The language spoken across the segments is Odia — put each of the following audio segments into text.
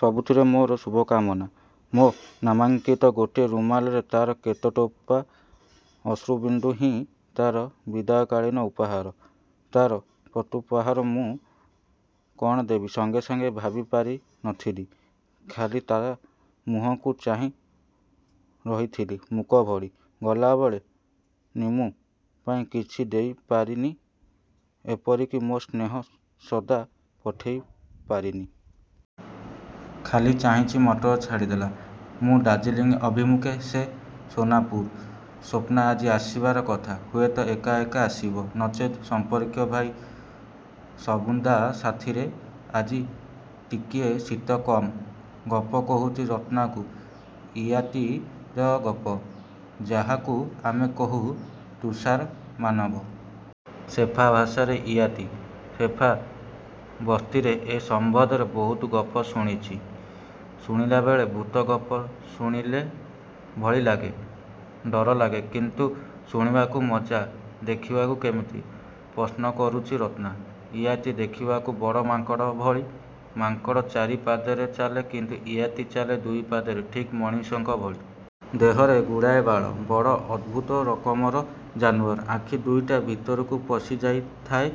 ସବୁଥିରେ ମୋର ଶୁଭକାମନା। ମୋ ନାମାଙ୍କିତ ଗୋଟିଏ ରୁମାଲରେ ତାର କେତେଟୋପା ଅଶ୍ରୁବିନ୍ଦୁ ହିଁ ତା'ର ବିଦାୟକାଳୀନ ଉପହାର। ତାର ପ୍ରତ୍ୟୁପହାର ମୁଁ କ'ଣ ଦେବି ସଙ୍ଗେ ସଙ୍ଗେ ଭାବିପାରି ନ ଥିଲି। ଖାଲି ତା ମୁହଁକୁ ଚାହିଁ ରହିଥିଲି ମୂକ ଭଳି। ଗଲାବେଳେ ନିମ୍ମୁ ପାଇଁ କିଛି ଦେଇ ପାରିଲିନି ଏପରିକି ମୋର ସ୍ନେହ ସୁଦ୍ଧା ପଠାଇ ପାରିନି। ଖାଲି ଚାହିଁଚି ମଟର ଛାଡ଼ିଦେଲା। ମୁଁ ଦାର୍ଜିଲିଂ ଅଭିମୁଖେ ସେ ସୋନାପୁର। ସ୍ୱପ୍ନା ଆଜି ଆସିବାର କଥା। ହୁଏତ ଏକା ଏକା ଆସିବ, ନଚେତ ସମ୍ପର୍କୀୟ ଭାଇ ଶମ୍ଭୂଦା ସାଥିରେ। ଆଜି ଟିକିଏ ଶୀତ କମ୍। ଗପ କହୁଚି ରତ୍ନାକୁ ଇୟାତି ର ଗପ, ଯାହାକୁ ଆମେ କହୁ ତୁଷାର ମାନବ। ସେର୍ପା ଭାଷାରେ ଇୟାତି। ସେର୍ପା ବସ୍ତିରେ ଏ ସମ୍ବନ୍ଧରେ ବହୁତ ଗପ ଶୁଣିଛି। ଶୁଣିଲାବେଳେ ଭୂତ ଗପ ଶୁଣିଲା ଭଳି ଲାଗେ। ଡର ଲାଗେ କିନ୍ତୁ ଶୁଣିବାକୁ ମଜା। ଦେଖିବାକୁ କେମିତି? ପ୍ରଶ୍ନ କରୁଚି ରତ୍ନା। ଇୟାତି ଦେଖିବାକୁ ବଡ଼ ମାଙ୍କଡ଼ ଭଳି। ମାଙ୍କଡ଼ ଚାରି ପାଦରେ ଚାଲେ କିନ୍ତୁ ଇୟାତି ଚାଲେ ଦୁଇ ପାଦରେ ଠିକ୍ ମଣିଷଙ୍କ ଭଳି। ଦେହରେ ଗୁଡ଼ାଏ ବାଳ। ବଡ଼ ଅଦ୍ଭୁତ ରକମର ଜାନୁଆର। ଆଖି ଦୁଇଟା ଭିତରକୁ ପଶି ଯାଇଥାଏ,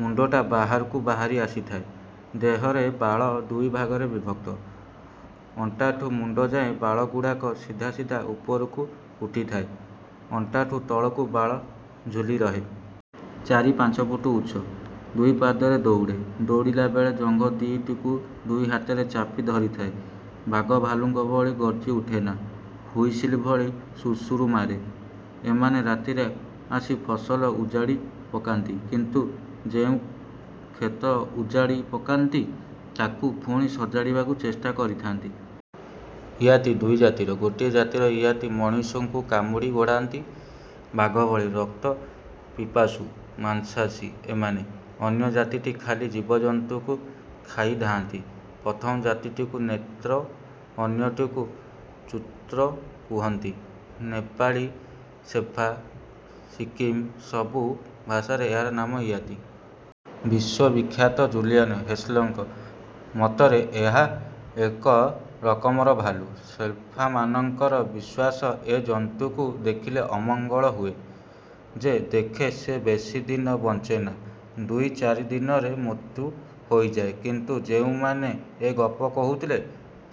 ମୁଣ୍ଡଟା ବାହାରକୁ ବାହାରି ଆସିଥାଏ। ଦେହର ବାଳ ଦୁଇ ଭାଗରେ ବିଭକ୍ତ। ଅଣ୍ଟାଠୁ ମୁଣ୍ଡଯାଏଁ ବାଳଗୁଡ଼ାକ ସିଧା ସିଧା ଉପରକୁ ଉଠିଥାଏ। ଅଣ୍ଟାଠୁ ତଳକୁ ବାଳ ଝୁଲି ରହେ। ଚାରି ପାଞ୍ଚ ଫୁଟ୍ ଉଚ୍ଚ। ଦୁଇ ପାଦରେ ଦୌଡ଼େ। ଦୌଡ଼ିଲା ବେଳେ ଜଙ୍ଘ ଦିଓଟିକୁ ଦୁଇ ହାତରେ ଚାପି ଧରିଥାଏ। ବାଘ ଭାଲୁଙ୍କ ଭଳି ଗର୍ଜି ଉଠେନା, ହୁଇସିଲ୍ ଭଳି ଶୁଶୁରୁ ମାରେ। ଏମାନେ ରାତିରେ ଆସି ଫସଲ ଉଜାଡ଼ି ପକାନ୍ତି କିନ୍ତୁ ଯେଉଁ କ୍ଷେତ ଉଜାଡ଼ି ପକାନ୍ତି ତାକୁ ପୁଣି ସଜାଡ଼ିବାକୁ ଚେଷ୍ଟା କରିଥାଆନ୍ତି। ଇୟାତି ଦୁଇ ଜାତିର। ଗୋଟିଏ ଜାତିର ଇୟାତି ମଣିଷକୁ କାମୁଡ଼ି ଗୋଡ଼ାନ୍ତି। ବାଘ ଭଳି ରକ୍ତ ପିପାସୁ ମାଂସାଶୀ ଏମାନେ। ଅନ୍ୟଜାତିଟି ଖାଲି ଜୀବଜନ୍ତୁକୁ ଖାଇ ଥାଆନ୍ତି। ପ୍ରଥମ ଜାତିଟିକୁ ନେତ୍ର ଅନ୍ୟଟିକୁ ଚୁତ୍ର କୁହନ୍ତି। ନେପାଳୀ, ସେର୍ପା, ସିକିମ୍ ସବୁ ଭାଷାରେ ଏହାର ନାମ ଇୟାତି। ବିଶ୍ୱବିଖ୍ୟାତ ଜୁଲିଆନା ହକ୍ସଲେଙ୍କ ମତରେ ଏହା ଏକ ରକମର ଭାଲୁ। ସେର୍ପାମାନଙ୍କର ବିଶ୍ୱାସ ଏ ଜନ୍ତୁକୁ ଦେଖିଲେ ଅମଙ୍ଗଳ ହୁଏ। ଯେ ଦେଖେ ସେ ବେଶୀଦିନ ବଞ୍ଚେନା। ଦୁଇ ଚାରି ଦିନରେ ମୃତ୍ୟୁ ହୋଇଯାଏ। କିନ୍ତୁ ଯେଉଁମାନେ ଏ ଗପ କହୁଥିଲେ,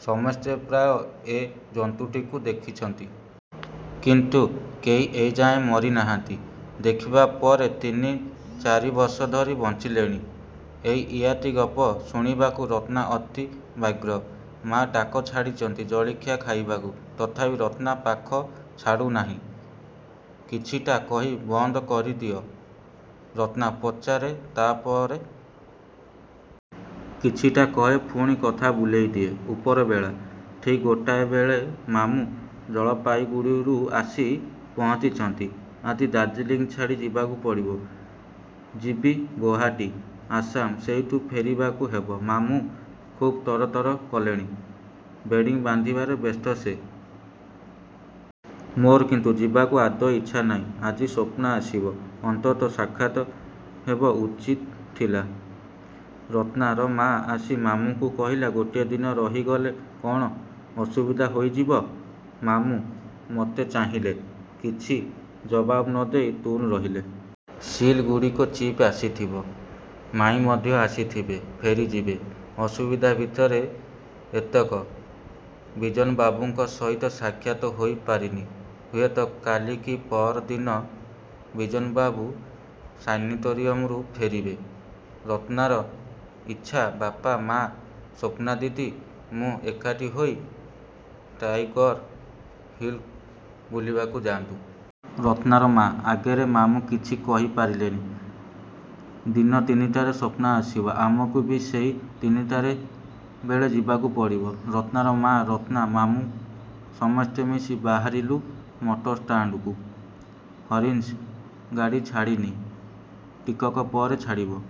ସମସ୍ତେ ପ୍ରାୟ ଏ ଜନ୍ତୁଟିକୁ ଦେଖିଛନ୍ତି। କିନ୍ତୁ କେହି ଏ ଯାଏଁ ମରିନାହାନ୍ତି। ଦେଖିବା ପରେ ତିନି ଚାରି ବର୍ଷ ଧରି ବଞ୍ଚିଲେଣି। ଏଇ ''ଇୟାତି'' ଗପ ଶୁଣିବାକୁ ରତ୍ନା ଅତି ବ୍ୟାଗ୍ର। ମା ଡାକ ଛାଡ଼ିଚନ୍ତି ଜଳଖିଆ ଖାଇବାକୁ। ତଥାପି ରତ୍ନା ପାଖ ଛାଡ଼ୁନାହିଁ। କିଛିଟା କହି ବନ୍ଦ କରିଦିଏ। ରତ୍ନା ପଚାରେ ତା'ର ପରେ? କିଛିଟା କହେ ପୁଣି କଥା ବୁଲେଇ ଦିଏ। ଉପର ବେଳା। ଠିକ୍ ଗୋଟାଏ ବେଳେ ମାମୁଁ ଜଳପାଇଗୁଡ଼ିରୁ ଆସି ପହଞ୍ଚିଛନ୍ତି। ଆଜି ଦାର୍ଜିଲିଂ ଛାଡ଼ି ଯିବାକୁ ପଡ଼ିବ। ଯିବି ଗୌହାଟୀ। ଆସାମ। ସେଇଠୁ ଫେରିବାକୁ ହେବ। ମାମୁଁ ଖୁବ୍ ତରତର କଲେଣି। ବେଡ଼ିଂ ବାନ୍ଧିବାରେ ବ୍ୟସ୍ତ ସେ। ମୋର କିନ୍ତୁ ଯିବାକୁ ଆଦୌ ଇଚ୍ଛା ନାହିଁ। ଆଜି ସ୍ୱପ୍ନା ଆସିବ। ଅନ୍ତତଃ ସାକ୍ଷାତ ହେବା ଉଚିତ ଥିଲା। ରତ୍ନାର ମାଆ ଆସି ମାମୁଁଙ୍କୁ କହିଲେ ଗୋଟିଏ ଦିନ ରହିଗଲେ କ'ଣ ଅସୁବିଧା ହୋଇଯିବ? ମାମୁଁ ମତେ ଚାହିଁଲେ। କିଛି ଜବାବ ନ ଦେଇ ତୁନି ରହିଲେ । ଶିଲିଗୁଡ଼ିକୁ ଜୀପ୍ ଆସିଥିବ। ମାଈଁ ମଧ୍ୟ ଆସିଥିବେ। ଫେରିଯିବେ। ଅସୁବିଧା ଭିତରେ ଏତକ। ବିଜନବାବୁଙ୍କ ସହିତ ସାକ୍ଷାତ ହୋଇ ପାରିନି। ହୁଏତ କାଲି କି ପହର ଦିନ ବିଜନବାବୁ ସାନାଟୋରିୟମରୁ ଫେରିବେ। ରତ୍ନାର ଇଚ୍ଛା ବାପା, ମା, ସ୍ୱପ୍ନାଦିଦି, ମୁଁ ଏକାଠି ହୋଇ ଟାଇଗର୍ ହିଲ୍କୁ ବୁଲିବାକୁ ଯାଆନ୍ତୁ। ରତ୍ନାର ମାଆ ଆଗରେ ମାମୁଁ କିଛି କହି ପାରିଲେନି। ଦିନ ତିନିଟାରେ ସ୍ୱପ୍ନା ଆସିବ। ଆମକୁ ବି ସେଇ ତିନିଟା ବେଳେ ଯିବାକୁ ପଡ଼ିବ। ରତ୍ନାର ମାଆ, ରତ୍ନା, ମାମୁଁ ସମସ୍ତେ ମିଶି ବାହାରିଲୁ ମଟରଷ୍ଟାଣ୍ଡକୁ। ହରିସିଂ ଗାଡ଼ି ଛାଡ଼ିନି। ଟିକକ ପରେ ଛାଡ଼ିବ।